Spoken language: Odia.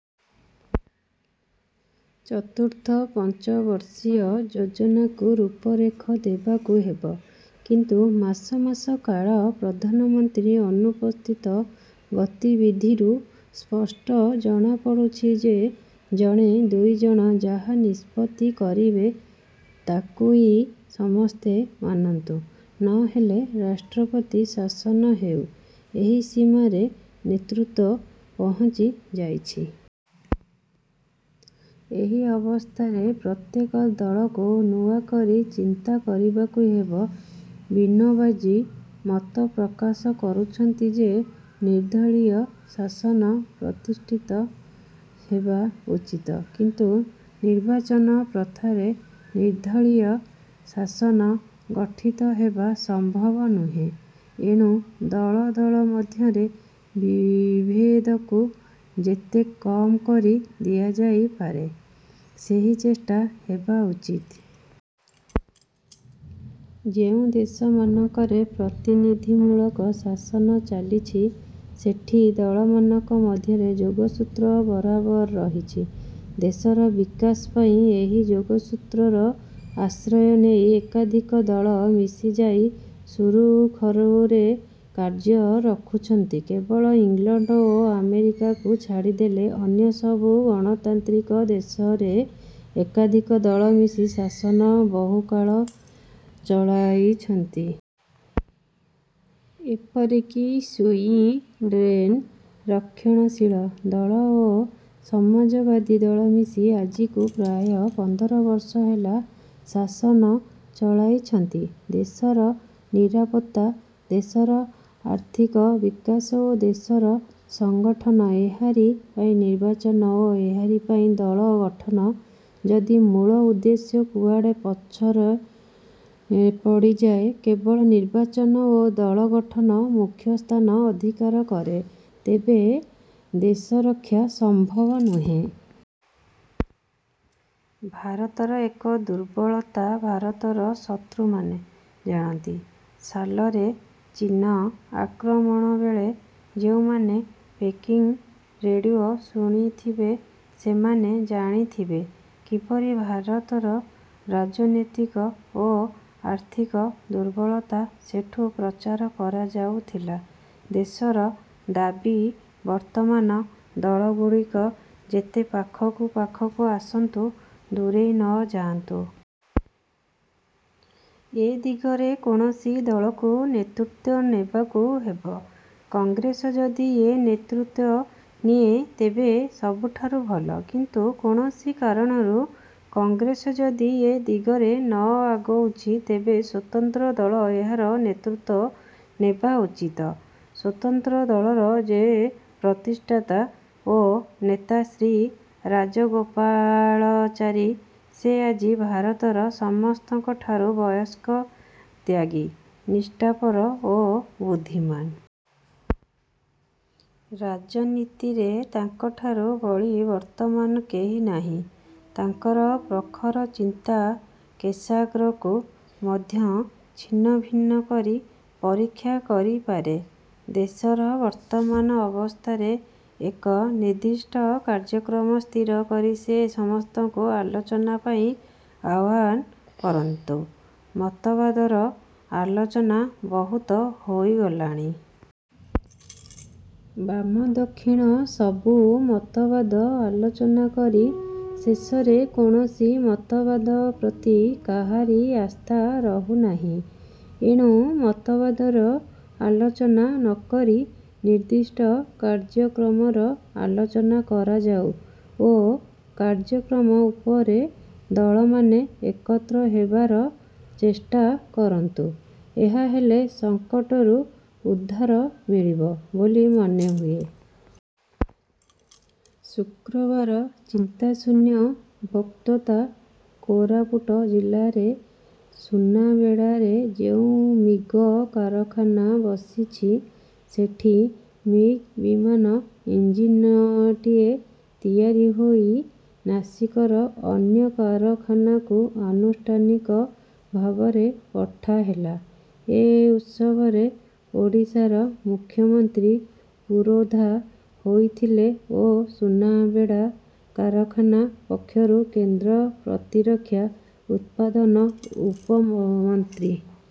ଚତୁର୍ଥ ପଞ୍ଚବର୍ଷୀୟ ଯୋଜନାକୁ ରୂପରେଖ ଦେବାକୁ ହେବ; କିନ୍ତୁ ମାସ ମାସ କାଳ ପ୍ରଧାନମନ୍ତ୍ରୀ ଅନୁପସ୍ଥିତ। ଗତିବିଧିରୁ ସ୍ପଷ୍ଟ ଜଣାପଡ଼ୁଛି ଯେ, ଜଣେ ଦୁଇଜଣ ଯାହା ନିଷ୍ପତ୍ତି କରିବେ, ତାକୁଇ ସମସ୍ତେ ମାନନ୍ତୁ; ନ ହେଲେ ରାଷ୍ଟ୍ରପତି ଶାସନ ହେଉ, ଏହି ସୀମାରେ ନେତୃତ୍ୱ ପହଞ୍ଚି ଯାଇଛି। ଏହି ଅବସ୍ଥାରେ ପ୍ରତ୍ୟେକ ଦଳକୁ ନୂଆକରି ଚିନ୍ତା କରିବାକୁ ହେବ। ବିନୋବାଜୀ ମତ ପ୍ରକାଶ କରୁଛନ୍ତି ଯେ ନିର୍ଦ୍ଦଳୀୟ ଶାସନ ପ୍ରତିଷ୍ଠିତ ହେବା ଉଚିତ; କିନ୍ତୁ ନିର୍ବାଚନ ପ୍ରଥାରେ ନିର୍ଦ୍ଦଳୀୟ ଶାସନ ଗଠିତହେବା ସମ୍ଭବ ନୁହେଁ। ଏଣୁ ଦଳ ଦଳ ମଧ୍ୟରେ ବିଭେଦକୁ ଯେତେ କମ୍ କରି ଦିଆଯାଇ ପାରେ; ସେହି ଚେଷ୍ଟା ହେବା ଉଚିତ। ଯେଉଁ ଦେଶମାନଙ୍କରେ ପ୍ରତିନିଧିମୂଳକ ଶାସନ ଚାଲିଛି, ସେଠି ଦଳମାନଙ୍କ ମଧ୍ୟରେ ଯୋଗସୂତ୍ର ବରାବର ରହିଛି। ଦେଶର ବିକାଶ ପାଇଁ ଏହି ଯୋଗସୂତ୍ରର ଆଶ୍ରୟ ନେଇ ଏକାଧିକ ଦଳ ମିଶିଯାଇ ସୁରୁଖରୁରେ କାର୍ଯ୍ୟ କରୁଛନ୍ତି। କେବଳ ଇଂଲଣ୍ଡ ଓ ଆମେରିକାକୁ ଛାଡ଼ିଦେଲେ ଅନ୍ୟ ସବୁ ଗଣତାନ୍ତ୍ରିକ ଦେଶରେ ଏକାଧିକ ଦଳ ମିଶି ଶାସନ ବହୁକାଳ ଚଳାଇଛନ୍ତି। ଏପରିକି ସୁଇଡ଼େନ୍ରେ ରକ୍ଷଣଶୀଳ ଦଳ ଓ ସମାଜବାଦୀ ଦଳ ମିଶି ଆଜିକୁ ପ୍ରାୟ ପନ୍ଦର ବର୍ଷ ହେଲା ଶାସନ ଚଳାଇଛନ୍ତି। ଦେଶର ନିରାପତ୍ତା, ଦେଶର ଆର୍ଥିକ ବିକାଶ ଓ ଦେଶର ସଂଗଠନ ଏହାରି ପାଇଁ ନିର୍ବାଚନ ଓ ଏହାରି ପାଇଁ ଦଳ ଗଠନ। ଯଦି ମୂଳ ଉଦ୍ଦେଶ୍ୟ କୁଆଡ଼େ ପଛରେ ପଡ଼ିଯାଏ, କେବଳ ନିର୍ବାଚନ ଓ ଦଳ ଗଠନ ମୁଖ୍ୟସ୍ଥାନ ଅଧିକାର କରେ, ତେବେ ଦେଶରକ୍ଷା ସମ୍ଭବ ନୁହେଁ। ଭାରତର ଏ ଦୁର୍ବଳତା ଭାରତର ଶତ୍ରୁମାନେ ଜାଣନ୍ତି। ସାଲରେ ଚୀନ ଆକ୍ରମଣବେଳେ ଯେଉଁମାନେ ପେକିଂ ରେଡ଼ିଓ ଶୁଣିଥିବେ, ସେମାନେ ଜାଣିଥିବେ, କିପରି ଭାରତର ରାଜନୈତିକ ଓ ଆର୍ଥିକ ଦୁର୍ବଳତା ସେଠୁଁ ପ୍ରଚାର କରାଯାଉଥିଲା। ଦେଶର ଦାବି ବର୍ତ୍ତମାନ ଦଳଗୁଡ଼ିକ ଯେତେ ପାଖକୁ ପାଖକୁ ଆସନ୍ତୁ, ଦୂରେଇ ନ ଯାଆନ୍ତୁ। ଏ ଦିଗରେ କୌଣସି ଦଳକୁ ନେତୃତ୍ୱ ନେବାକୁ ହେବ। କଂଗ୍ରେସ ଯଦି ଏ ନେତୃତ୍ୱ ନିଏ, ତେବେ ସବୁଠାରୁ ଭଲ; କିନ୍ତୁ କୌଣସି କାରଣରୁ କଂଗ୍ରେସ ଯଦି ଏ ଦିଗରେ ନ ଆଗୋଉଛି, ତେବେ ସ୍ୱତନ୍ତ୍ର ଦଳ ଏହାର ନେତୃତ୍ୱ ନେବା ଉଚିତ। ସ୍ୱତନ୍ତ୍ର ଦଳର ଯେ ପ୍ରତିଷ୍ଠାତା ଓ ନେତା ଶ୍ରୀ ରାଜଗୋପାଳଚାରୀ, ସେ ଆଜି ଭାରତର ସମସ୍ତଙ୍କଠାରୁ ବୟସ୍କ, ତ୍ୟାଗୀ, ନିଷ୍ଠାପର ଓ ବୁଦ୍ଧିମାନ। ରାଜନୀତିରେ ତାଙ୍କଠାରୁ ବଳି ବର୍ତ୍ତମାନ କେହି ନାହିଁ। ତାଙ୍କର ପ୍ରଖର ଚିନ୍ତା କେଶାଗ୍ରକୁ ମଧ୍ୟ ଛିନ୍ନଭିନ୍ନ କରି ପରୀକ୍ଷା କରିପାରେ। ଦେଶର ବର୍ତ୍ତମାନ ଅବସ୍ଥାରେ ଏକ ନିର୍ଦ୍ଦିଷ୍ଟ କାର୍ଯ୍ୟକ୍ରମ ସ୍ଥିର କରି ସେ ସମସ୍ତଙ୍କୁ ଆଲୋଚନା ପାଇଁ ଆହ୍ୱାନ କରନ୍ତୁ। ମତବାଦର ଆଲୋଚନା ବହୁତ ହୋଇଗଲାଣି। ବାମ ଦକ୍ଷିଣ ସବୁ ମତବାଦ ଆଲୋଚନା କରି ଶେଷରେ କୌଣସି ମତବାଦ ପ୍ରତି କାହାରି ଆସ୍ଥା ରହୁନାହିଁ। ଏଣୁ ମତବାଦର ଆଲୋଚନା ନକରି ନିର୍ଦ୍ଦିଷ୍ଟ କାର୍ଯ୍ୟକ୍ରମର ଆଲୋଚନା କରାଯାଉ ଓ କାର୍ଯ୍ୟକ୍ରମ ଉପରେ ଦଳମାନେ ଏକତ୍ର ହେବାର ଚେଷ୍ଟା। କରନ୍ତୁ। ଏହା ହେଲେ ସଂକଟରୁ ଉଦ୍ଧାର ମିଳିବ ବୋଲି ମନେହୁଏ। ଶୁକ୍ରବାର ଚିନ୍ତାଶୂନ୍ୟ ବକ୍ତୃତା କୋରାପୁଟ ଜିଲ୍ଲାରେ ସୁନାବେଡ଼ାରେ ଯେଉଁ ମିଗ କାରଖାନା ବସିଛି, ସେଠି ମିଗ୍ ବିମାନ ଇଞ୍ଜିନଟିଏ ତିଆରି ହୋଇ ନାସିକର ଅନ୍ୟ କାରଖାନାକୁ ଆନୁଷ୍ଠାନିକ ଭାବରେ ପଠାହେଲା। ଏ ଉତ୍ସବରେ ଓଡ଼ିଶାର ମୁଖ୍ୟମନ୍ତ୍ରୀ ପୁରୋଧା ହୋଇଥିଲେ ଓ ସୁନାବେଡ଼ା କାରଖାନା ପକ୍ଷରୁ କେନ୍ଦ୍ର ପ୍ରତିରକ୍ଷା ଉତ୍ପାଦନ ଉପମନ୍ତ୍ରୀ